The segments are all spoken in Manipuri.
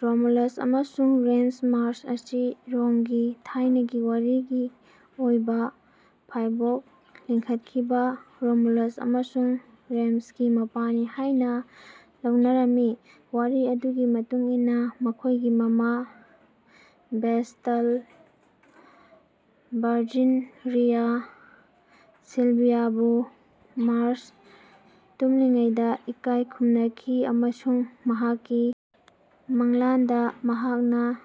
ꯔꯣꯃꯨꯂꯁ ꯑꯃꯁꯨꯡ ꯔꯦꯃꯁ ꯃꯥꯔ꯭ꯁ ꯑꯁꯤ ꯔꯣꯝꯒꯤ ꯊꯥꯏꯅꯒꯤ ꯋꯥꯔꯤꯒꯤ ꯑꯣꯏꯕ ꯐꯥꯏꯕꯣꯛ ꯂꯤꯡꯈꯠꯈꯤꯕ ꯔꯣꯃꯨꯂꯁ ꯑꯃꯁꯨꯡ ꯔꯦꯃꯁꯀꯤ ꯃꯄꯥꯅꯤ ꯍꯥꯏꯅ ꯂꯧꯅꯔꯝꯃꯤ꯫ ꯋꯥꯔꯤ ꯑꯗꯨꯒꯤ ꯃꯇꯨꯡ ꯏꯟꯅ ꯃꯈꯣꯏꯒꯤ ꯃꯃꯥ ꯚꯦꯁ꯭ꯇꯜ ꯚꯔꯖꯤꯟ ꯔꯤꯌꯥ ꯁꯤꯜꯚꯤꯌꯥꯕꯨ ꯃꯥꯔ꯭ꯁꯅ ꯇꯨꯝꯂꯤꯉꯩꯗ ꯏꯀꯥꯏ ꯈꯨꯝꯅꯈꯤ ꯑꯃꯁꯨꯡ ꯃꯍꯥꯛꯀꯤ ꯃꯪꯂꯥꯟꯗ ꯃꯍꯥꯛꯅ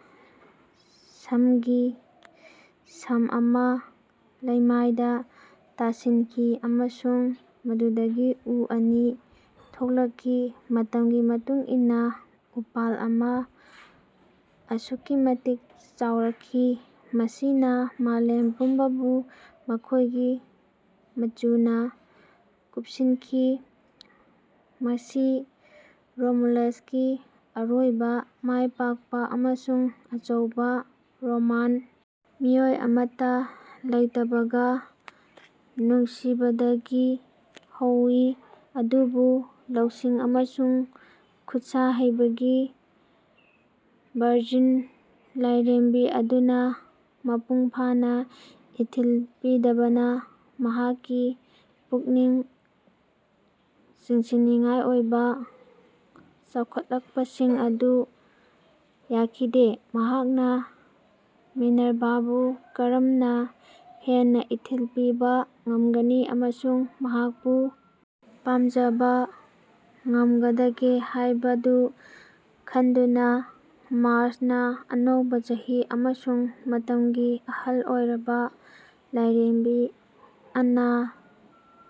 ꯁꯝꯒꯤ ꯁꯝ ꯑꯃ ꯂꯩꯃꯥꯏꯗ ꯇꯥꯁꯤꯟꯈꯤ ꯑꯃꯁꯨꯡ ꯃꯗꯨꯗꯒꯤ ꯎ ꯑꯅꯤ ꯊꯣꯛꯂꯛꯈꯤ꯫ ꯃꯇꯝꯒꯤ ꯃꯇꯨꯡ ꯏꯟꯅ ꯎꯄꯥꯜ ꯑꯃ ꯑꯁꯨꯛꯀꯤ ꯃꯇꯤꯛ ꯆꯥꯎꯔꯛꯈꯤ ꯃꯁꯤꯅ ꯃꯥꯂꯦꯝ ꯄꯨꯝꯕꯕꯨ ꯃꯈꯣꯏꯒꯤ ꯃꯆꯨꯅ ꯀꯨꯞꯁꯤꯟꯈꯤ ꯃꯁꯤ ꯔꯣꯃꯨꯂꯁꯀꯤ ꯑꯔꯣꯏꯕ ꯃꯥꯏꯄꯥꯛꯄ ꯑꯃꯁꯨꯡ ꯑꯆꯧꯕ ꯔꯣꯃꯥꯟ ꯃꯤꯑꯣꯏ ꯑꯃꯠꯇ ꯂꯩꯇꯕꯒ ꯅꯨꯡꯁꯤꯕꯗꯒꯤ ꯍꯧꯏ ꯑꯗꯨꯕꯨ ꯂꯧꯁꯤꯡ ꯑꯃꯁꯨꯡ ꯈꯨꯠꯁꯥ ꯍꯩꯕꯒꯤ ꯚꯔꯖꯤꯟ ꯂꯥꯏꯔꯦꯝꯕꯤ ꯑꯗꯨꯅ ꯃꯄꯨꯡ ꯐꯥꯅ ꯏꯊꯤꯜ ꯄꯤꯗꯕꯅ ꯃꯍꯥꯛꯀꯤ ꯄꯨꯛꯅꯤꯡ ꯆꯤꯡꯁꯤꯟꯅꯤꯡꯉꯥꯏ ꯑꯣꯏꯕ ꯆꯥꯎꯈꯠꯂꯛꯄꯁꯤꯡ ꯑꯗꯨ ꯌꯥꯈꯤꯗꯦ꯫ ꯃꯍꯥꯛꯅ ꯃꯤꯅꯔꯚꯥꯕꯨ ꯀꯔꯝꯅ ꯍꯦꯟꯅ ꯏꯊꯤꯜ ꯄꯤꯕ ꯉꯝꯒꯅꯤ ꯑꯃꯁꯨꯡ ꯃꯍꯥꯛꯄꯨ ꯄꯥꯝꯖꯕ ꯉꯝꯒꯗꯒꯦ ꯍꯥꯏꯕꯗꯨ ꯈꯟꯗꯨꯅ ꯃꯥꯔ꯭ꯁꯅ ꯑꯅꯧꯕ ꯆꯍꯤ ꯑꯃꯁꯨꯡ ꯃꯇꯝꯒꯤ ꯑꯍꯜ ꯑꯣꯏꯔꯕ ꯂꯥꯏꯔꯦꯝꯕꯤ ꯑꯟꯅꯥ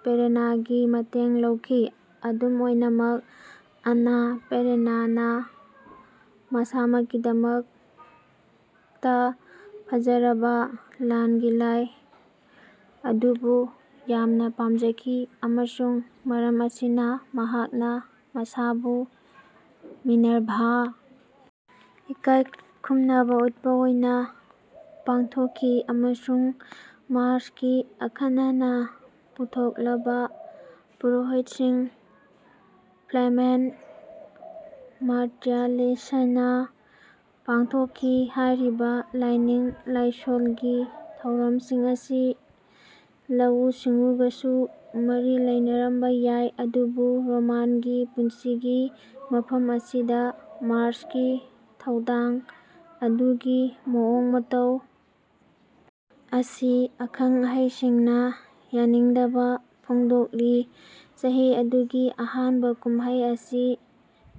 ꯄꯦꯔꯦꯅꯥꯒꯤ ꯃꯇꯦꯡ ꯂꯧꯈꯤ꯫ ꯑꯗꯨꯝ ꯑꯣꯏꯅꯃꯛ ꯑꯟꯅꯥ ꯄꯦꯔꯦꯅꯥꯅ ꯃꯁꯥꯃꯛꯀꯤꯗꯃꯛꯇ ꯐꯖꯔꯕ ꯂꯥꯟꯒꯤ ꯂꯥꯏ ꯑꯗꯨꯕꯨ ꯌꯥꯝꯅ ꯄꯥꯝꯖꯈꯤ ꯑꯃꯁꯨꯡ ꯃꯔꯝ ꯑꯁꯤꯅ ꯃꯍꯥꯛꯅ ꯃꯁꯥꯕꯨ ꯃꯤꯅꯔꯚꯥ ꯏꯀꯥꯏ ꯈꯨꯝꯅꯕ ꯎꯠꯄ ꯑꯣꯏꯅ ꯄꯥꯡꯊꯣꯛꯈꯤ ꯑꯃꯁꯨꯡ ꯃꯥꯔ꯭ꯁꯀꯤ ꯑꯈꯟꯅꯅ ꯀꯠꯊꯣꯛꯂꯕ ꯄꯨꯔꯣꯍꯤꯠꯁꯤꯡ ꯐ꯭ꯂꯦꯃꯦꯟ ꯃꯥꯔꯇꯤꯌꯥꯂꯤꯁꯅ ꯄꯥꯡꯊꯣꯛꯈꯤ꯫ ꯍꯥꯏꯔꯤꯕ ꯂꯥꯏꯅꯤꯡ ꯂꯥꯏꯁꯣꯜꯒꯤ ꯊꯧꯔꯝꯁꯤꯡ ꯑꯁꯤ ꯂꯧꯎ ꯁꯤꯡꯎꯒꯁꯨ ꯃꯔꯤ ꯂꯩꯅꯔꯝꯕ ꯌꯥꯏ ꯑꯗꯨꯕꯨ ꯔꯣꯃꯥꯟꯒꯤ ꯄꯨꯟꯁꯤꯒꯤ ꯃꯐꯝ ꯑꯁꯤꯗ ꯃꯥꯔ꯭ꯁꯀꯤ ꯊꯧꯗꯥꯡ ꯑꯗꯨꯒꯤ ꯃꯑꯣꯡ ꯃꯇꯧ ꯑꯁꯤ ꯑꯈꯪ ꯑꯍꯩꯁꯤꯡꯅ ꯌꯥꯅꯤꯡꯗꯕ ꯐꯣꯡꯗꯣꯛꯂꯤ꯫ ꯆꯍꯤ ꯑꯗꯨꯒꯤ ꯑꯍꯥꯟꯕ ꯀꯨꯝꯍꯩ ꯑꯁꯤ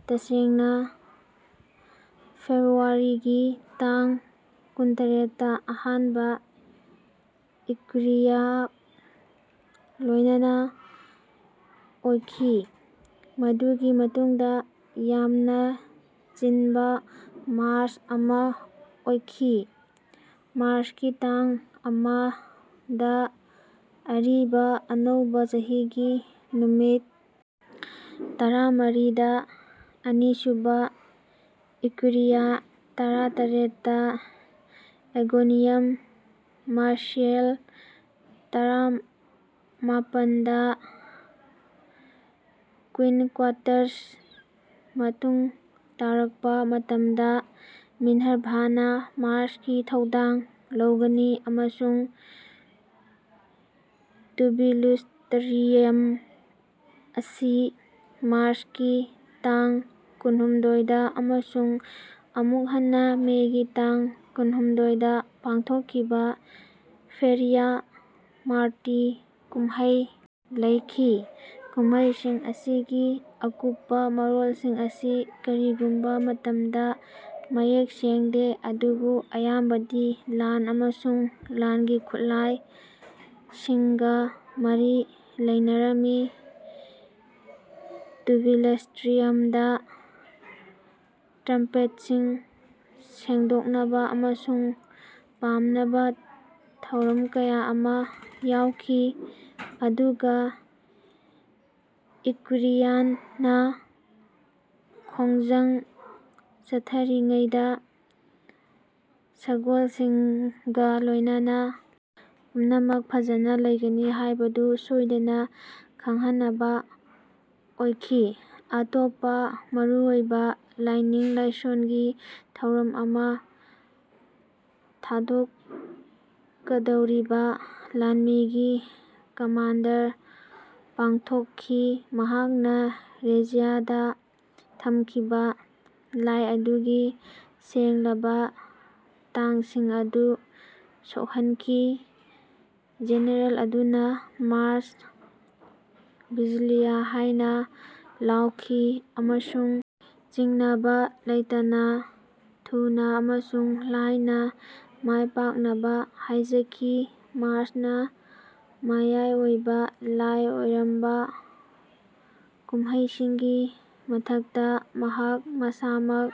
ꯇꯁꯦꯡꯅ ꯐꯦꯕ꯭ꯔꯨꯋꯥꯔꯤꯒꯤ ꯇꯥꯡ ꯀꯨꯟꯇꯔꯦꯠꯇ ꯑꯍꯥꯟꯕ ꯏꯀ꯭ꯋꯤꯔꯤꯌꯥꯒ ꯂꯣꯏꯅꯅ ꯑꯣꯏꯈꯤ ꯃꯗꯨꯒꯤ ꯃꯇꯨꯡꯗ ꯌꯥꯝꯅ ꯆꯤꯟꯕ ꯃꯥꯔ꯭ꯆ ꯑꯃ ꯑꯣꯏꯈꯤ꯫ ꯃꯥꯔ꯭ꯆꯀꯤ ꯇꯥꯡ ꯑꯃ ꯗ ꯑꯔꯤꯕ ꯑꯅꯧꯕ ꯆꯍꯤꯒꯤ ꯅꯨꯃꯤꯠ ꯇꯔꯥꯃꯔꯤꯗ ꯑꯅꯤꯁꯨꯕ ꯏꯀ꯭ꯋꯤꯔꯤꯌꯥ ꯇꯔꯥ ꯇꯔꯦꯠꯇ ꯑꯦꯒꯣꯅꯤꯌꯝ ꯃꯥꯔꯁꯤꯌꯦꯜ ꯇꯔꯥ ꯃꯥꯄꯟꯗ ꯀ꯭ꯋꯤꯟꯀ꯭ꯋꯥꯇ꯭ꯔꯁ ꯃꯇꯨꯡ ꯇꯥꯔꯛꯄ ꯃꯇꯝꯗ ꯃꯤꯅꯔꯚꯥꯅ ꯃꯥꯔ꯭ꯁꯀꯤ ꯊꯧꯗꯥꯡ ꯂꯧꯒꯅꯤ ꯑꯃꯁꯨꯡ ꯇꯨꯕꯤꯂꯨꯁ꯭ꯇ꯭ꯔꯤꯌꯝ ꯑꯁꯤ ꯃꯥꯔ꯭ꯆꯀꯤ ꯇꯥꯡ ꯀꯨꯟꯍꯨꯝꯗꯣꯏꯗ ꯑꯃꯁꯨꯡ ꯑꯃꯨꯛ ꯍꯟꯅ ꯃꯦꯒꯤ ꯇꯥꯡ ꯀꯨꯟꯍꯨꯝꯗꯣꯏꯗ ꯄꯥꯡꯊꯣꯛꯈꯤꯕ ꯐꯦꯔꯤꯌꯥ ꯃꯥꯔꯇꯤ ꯀꯨꯝꯍꯩ ꯂꯩꯈꯤ꯫ ꯀꯨꯝꯍꯩꯁꯤꯡ ꯑꯁꯤꯒꯤ ꯑꯀꯨꯞꯄ ꯃꯔꯣꯜꯁꯤꯡ ꯑꯁꯤ ꯀꯔꯤꯒꯨꯝꯕ ꯃꯇꯝꯗ ꯃꯌꯦꯛ ꯁꯦꯡꯗꯦ ꯑꯗꯨꯕꯨ ꯑꯌꯥꯝꯕꯗꯤ ꯂꯥꯟ ꯑꯃꯁꯨꯡ ꯂꯥꯟꯒꯤ ꯈꯨꯠꯂꯥꯏꯁꯤꯡꯒ ꯃꯔꯤ ꯂꯩꯅꯔꯝꯃꯤ꯫ ꯇꯨꯕꯤꯂꯁ꯭ꯇ꯭ꯔꯤꯌꯝꯗ ꯇ꯭ꯔꯝꯄꯦꯠꯁꯤꯡ ꯁꯦꯡꯗꯣꯛꯅꯕ ꯑꯃꯁꯨꯡ ꯄꯥꯝꯅꯕ ꯊꯧꯔꯝ ꯀꯌꯥ ꯑꯃ ꯌꯥꯎꯈꯤ ꯑꯗꯨꯒ ꯏꯀ꯭ꯋꯤꯔꯤꯌꯥꯅ ꯈꯣꯡꯖꯪ ꯆꯠꯊꯔꯤꯉꯩꯗ ꯁꯒꯣꯜꯁꯤꯡꯒ ꯂꯣꯏꯅꯅ ꯄꯨꯝꯅꯃꯛ ꯐꯖꯅ ꯂꯩꯒꯅꯤ ꯍꯥꯏꯕꯗꯨ ꯁꯣꯏꯗꯅ ꯈꯪꯍꯟꯅꯕ ꯑꯣꯏꯈꯤ꯫ ꯑꯇꯣꯞꯄ ꯃꯔꯨꯑꯣꯏꯕ ꯂꯥꯏꯅꯤꯡ ꯂꯥꯏꯁꯣꯜꯒꯤ ꯊꯧꯔꯝ ꯑꯃ ꯊꯥꯗꯣꯛꯀꯗꯧꯔꯤꯕ ꯂꯥꯟꯃꯤꯒꯤ ꯀꯃꯥꯟꯗꯔꯅ ꯄꯥꯡꯊꯣꯛꯈꯤ ꯃꯍꯥꯛꯅ ꯔꯦꯖꯤꯌꯥꯗ ꯊꯝꯈꯤꯕ ꯂꯥꯏ ꯑꯗꯨꯒꯤ ꯁꯦꯡꯂꯕ ꯇꯥꯡꯁꯤꯡ ꯑꯗꯨ ꯁꯣꯛꯍꯟꯈꯤ꯫ ꯖꯦꯅꯔꯦꯜ ꯑꯗꯨꯅ ꯃꯥꯔ꯭ꯁ ꯚꯤꯖꯤꯂꯤꯌꯥ ꯍꯥꯏꯅ ꯂꯥꯎꯈꯤ ꯑꯃꯁꯨꯡ ꯆꯤꯡꯅꯕ ꯂꯩꯇꯅ ꯊꯨꯅ ꯑꯃꯁꯨꯡ ꯂꯥꯏꯅ ꯃꯥꯏꯄꯥꯛꯅꯕ ꯍꯥꯏꯖꯈꯤ꯫ ꯃꯥꯔ꯭ꯁꯅ ꯃꯌꯥꯏ ꯑꯣꯏꯕ ꯂꯥꯏ ꯑꯣꯏꯔꯝꯕ ꯀꯨꯝꯍꯩꯁꯤꯡꯒꯤ ꯃꯊꯛꯇ ꯃꯍꯥꯛ ꯃꯁꯥꯃꯛ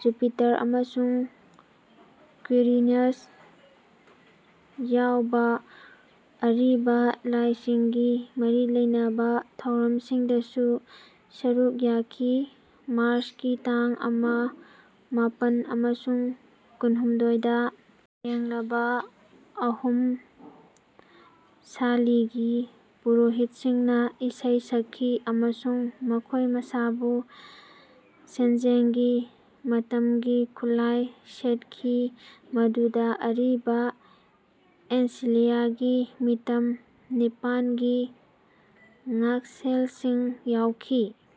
ꯖꯨꯄꯤꯇꯔ ꯑꯃꯁꯨꯡ ꯀ꯭ꯋꯤꯔꯤꯅꯁ ꯌꯥꯎꯕ ꯑꯔꯤꯕ ꯂꯥꯏꯁꯤꯡꯒꯤ ꯃꯔꯤ ꯂꯩꯅꯕ ꯊꯧꯔꯝꯁꯤꯡꯗꯁꯨ ꯁꯔꯨꯛ ꯌꯥꯈꯤ꯫ ꯃꯥꯔ꯭ꯆꯀꯤ ꯇꯥꯡ ꯑꯃ ꯃꯥꯄꯟ ꯑꯃꯁꯨꯡ ꯀꯨꯟꯍꯨꯝꯗꯣꯏꯗ ꯁꯦꯡꯂꯕ ꯑꯍꯨꯝ ꯁꯥꯂꯤꯒꯤ ꯄꯨꯔꯣꯍꯤꯠꯁꯤꯡꯅ ꯏꯁꯩ ꯁꯛꯈꯤ ꯑꯃꯁꯨꯡ ꯃꯈꯣꯏ ꯃꯁꯥꯕꯨ ꯁꯦꯟꯖꯦꯡꯒꯤ ꯃꯇꯝꯒꯤ ꯈꯨꯠꯂꯥꯏ ꯁꯦꯠꯈꯤ ꯃꯗꯨꯗ ꯑꯔꯤꯕ ꯑꯦꯟꯁꯤꯂꯤꯌꯥꯒꯤ ꯃꯤꯇꯝ ꯅꯤꯄꯥꯟꯒꯤ ꯉꯥꯛꯁꯦꯜꯁꯤꯡ ꯌꯥꯎꯈꯤ꯫